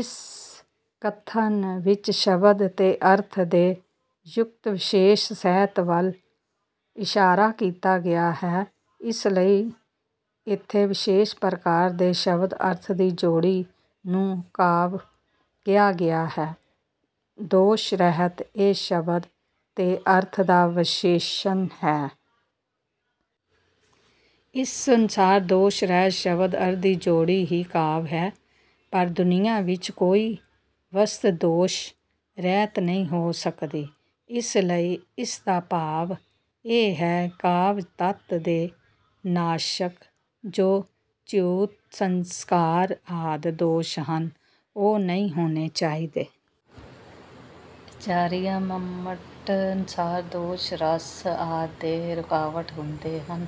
ਇਸ ਕਥਨ ਵਿੱਚ ਸ਼ਬਦ ਤੇ ਅਰਥ ਦੇ ਯੁਕਤ ਵਿਸ਼ੇਸ਼ ਸਾਹਿਤ ਵੱਲ ਇਸ਼ਾਰਾ ਕੀਤਾ ਗਿਆ ਹੈ। ਇਸ ਲਈ ਇਥੇ ਵਿਸ਼ੇਸ਼ ਪ੍ਰਕਾਰ ਦੇ ਸ਼ਬਦ ਅਰਥ ਦੀ ਜੋੜੀ ਨੂੰ ਕਾਵਿ ਕਿਹਾ ਗਿਆ ਹੈ। ਦੋਸ਼ ਰਹਿਤ ਇਹ ਸ਼ਬਦ ਤੇ ਅਰਥ ਦਾ ਵਿਸ਼ੇਸ਼ਣ ਹੈ। ਇਸ ਅਨੁਸਾਰ ਦੋਸ਼ ਰਹਿਤ ਸ਼ਬਦ ਅਰਥ ਦੀ ਜੋੜੀ ਹੀ ਕਾਵਿ ਹੈ। ਪਰ ਦੁਨੀਆਂ ਵਿਚ ਕੋਈ ਵਸਤ ਦੋਸ਼ ਰਹਿਤ ਨਹੀਂ ਹੋ ਸਕਦੀ। ਇਸ ਲਈ ਇਸ ਦਾ ਭਾਵ ਇਹ ਹੈ ਕਾਵਿ ਤੱਤ ਦੇ ਨਾਸ਼ਕ ਜੋ ਚਿਊਤ ਸੰਸਕਾਰ ਆਦਿ ਦੋਸ਼ ਹਨ ਉਹ ਨਹੀਂ ਹੋਣੇ ਚਾਹੀਦੇ। ਆਚਾਰੀਆ ਮੰਮਟ ਅਨੁਸਾਰ ਦੋਸ਼ ਰਸ ਆਦਿ ਦੇ ਰੁਕਾਵਟ ਹੁੰਦੇ ਹਨ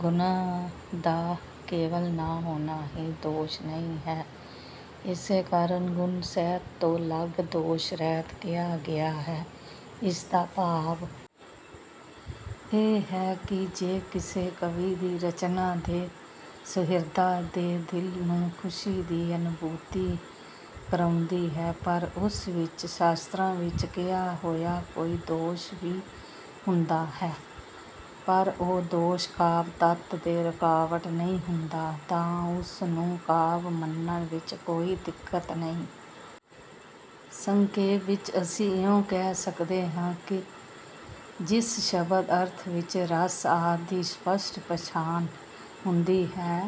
ਗੁਣਾਂ ਦਾ ਕੇਵਲ ਨਾ ਹੋਣਾ ਹੀ ਦੋਸ਼ ਨਹੀਂ ਹੈ। ਇਸੇ ਕਾਰਨ ਗੁਣ ਸਹਿਤ ਤੋਂ ਅਲੱਗ ਦੋਸ਼ ਰਹਿਤ ਕਿਹਾ ਗਿਆ ਹੈ। ਇਸ ਦਾ ਭਾਵ ਇਹ ਹੈ ਕਿ ਜੇ ਕਿਸੇ ਕਵੀ ਦੀ ਰਚਨਾ ਦੇ ਸੁਹਿਰਦਾਂ ਦੇ ਦਿਲ ਨੂੰ ਖੁਸ਼ੀ ਦੀ ਅਨੁਭੂਤੀ ਕਰਾਉਂਦੀ ਹੈ ਪਰ ਉਸ ਵਿੱਚ ਸ਼ਾਸਤਰਾਂ ਵਿੱਚ ਕਿਹਾ ਹੋਇਆ ਕੋਈ ਦੋਸ਼ ਵੀ ਹੁੰਦਾ ਹੈ ਪਰ ਉਹ ਦੋਸ਼ ਕਾਵਿ ਤੱਤ ਦੇ ਰੁਕਾਵਟ ਨਹੀਂ ਹੁੰਦਾ ਤਾਂ ਉਸ ਨੂੰ ਕਾਵਿ ਮੰਨਣ ਵਿੱਚ ਕੋਈ ਦਿੱਕਤ ਨਹੀਂ। ਸੰਖੇਪ ਵਿੱਚ ਅਸੀਂ ਇਉਂ ਕਹਿ ਸਕਦੇ ਹਾਂ ਕਿ ਜਿਸ ਸ਼ਬਦ ਅਰਥ ਵਿੱਚ ਰਸ ਆਦਿ ਦੀ ਸਪਸ਼ਟ ਪਛਾਣ ਹੁੰਦੀ ਹੈ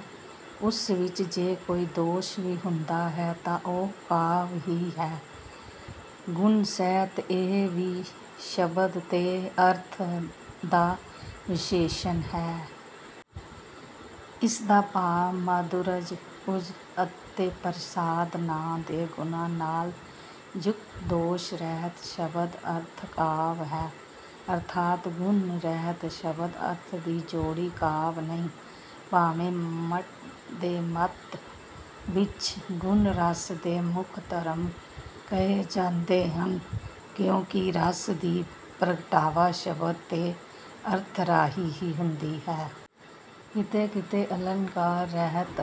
ਉਸ ਵਿੱਚ ਜੇ ਕੋਈ ਦੋਸ਼ ਵੀ ਹੁੰਦਾ ਹੈ ਤਾਂ ਉਹ ਕਾਵਿ ਹੀ ਹੈ। ਗੁਣ ਸਹਿਤ ਇਹ ਵੀ ਸ਼ਬਦ ਤੇ ਅਰਥ ਦਾ ਵਿਸ਼ੇਸ਼ਣ ਹੈ। ਇਸ ਦਾ ਭਾਵ ਮਾਧੁਰਜ ਓਜ ਅਤੇ ਪ੍ਰਸਾਦ ਨਾਂ ਦੇ ਗੁਣਾਂ ਨਾਲ ਯੁਕਤ ਦੋਸ਼ ਰਹਿਤ ਸ਼ਬਦ ਅਰਥ ਕਾਵਿ ਹੈ ਅਰਥਾਤ ਗੁਣ ਰਹਿਤ ਸ਼ਬਦ ਅਰਥ ਦੀ ਜੋੜੀ ਕਾਵਿ ਨਹੀਂ। ਭਾਵੇਂ ਮੰਮਟ ਦੇ ਮੱਤ ਵਿੱਚ ਗੁਣ ਰਸ ਦੇ ਮੁੱਖ ਧਰਮ ਕਹੇ ਜਾਂਦੇ ਹਨ ਕਿਉਂਕਿ ਰਸ ਦੀ ਪ੍ਰਗਟਾਵਾ ਸ਼ਬਦ ਤੇ ਅਰਥ ਰਾਹੀਂ ਹੀ ਹੁੰਦੀ ਹੈ। ਕਿਤੇ ਕਿਤੇ ਅਲੰਕਾਰ ਰਹਿਤ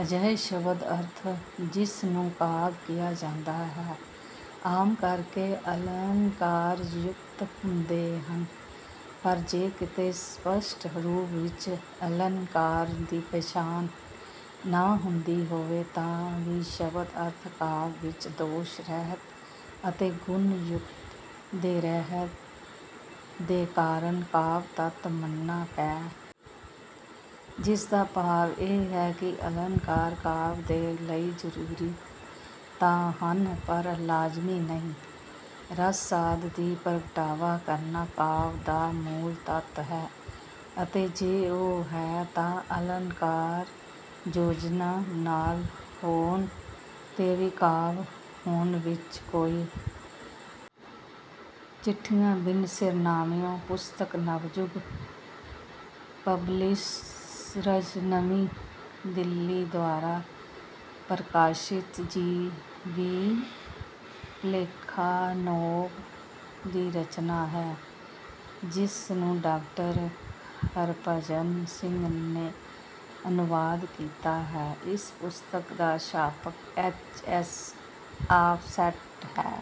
ਅਜਿਹੇ ਸ਼ਬਦ ਅਰਥ ਜਿਸ ਨੂੰ ਕਾਵਿ ਕਿਹਾ ਜਾਂਦਾ ਹੈ ਆਮ ਕਰਕੇ ਅਲੰਕਾਰ ਯੁਕਤ ਹੁੰਦੇ ਹਨ ਪਰ ਜੇ ਕਿਤੇ ਸਪਸ਼ਟ ਰੂਪ ਵਿੱਚ ਅਲੰਕਾਰ ਦੀ ਪਛਾਣ ਨਾ ਹੁੰਦੀ ਹੋਵੇ ਤਾਂ ਵੀ ਸ਼ਬਦ ਅਰਥ ਕਾਵਿ ਵਿੱਚ ਦੋਸ਼ ਰਹਿਤ ਅਤੇ ਗੁਣ ਯੁਕਤ ਦੇ ਰਹਿਣ ਦੇ ਕਾਰਨ ਕਾਵਿ ਤੱਤ ਮੰਨਣਾ ਪੈਂਦਾ ਹੈ। ਜਿਸ ਦਾ ਭਾਵ ਇਹ ਹੈ ਕਿ ਅਲੰਕਾਰ ਕਾਵਿ ਦੇ ਲਈ ਜ਼ਰੂਰੀ ਤਾਂ ਹਨ ਪਰ ਲਾਜ਼ਮੀ ਨਹੀਂ। ਰਸ ਆਦਿ ਦੀ ਪ੍ਰਗਟਾਵਾ ਕਰਨਾ ਕਾਵਿ ਦਾ ਮੂਲ ਤੱਤ ਹੈ ਅਤੇ ਜੇ ਉਹ ਹੈ ਤਾਂ ਅਲੰਕਾਰ ਯੋਜਨਾ ਨਾਲ ਹੋਣ ਤੇ ਵੀ ਕਾਵਿ ਹੋਣ ਵਿੱਚ ਕੋਈ। ਚਿੱਠੀਆਂ ਬਿਨ ਸਿਰਨਾਵਿਓਂ ਪੁਸਤਕ ਨਵਯੁਗ ਪਬਲਿਸ਼ਰਜ਼ ਨਵੀਂ ਦਿੱਲੀ ਦੁਆਰਾ ਪ੍ਰਕਾਸ਼ਿਤ ਜੀ ਵੀ ਪਲੈਖਾਨੋਵ ਦੀ ਰਚਨਾ ਹੈ ਜਿਸ ਨੂੰ ਡਾਕਟਰ ਹਰਿਭਜਨ ਸਿੰਘ ਨੇ ਅਨੁਵਾਦ ਕੀਤਾ ਹੈ। ਇਸ ਪੁਸਤਕ ਦਾ ਛਾਪਕ ਐਚ ਐਸ ਆਫਸੈਟ ਹੈ।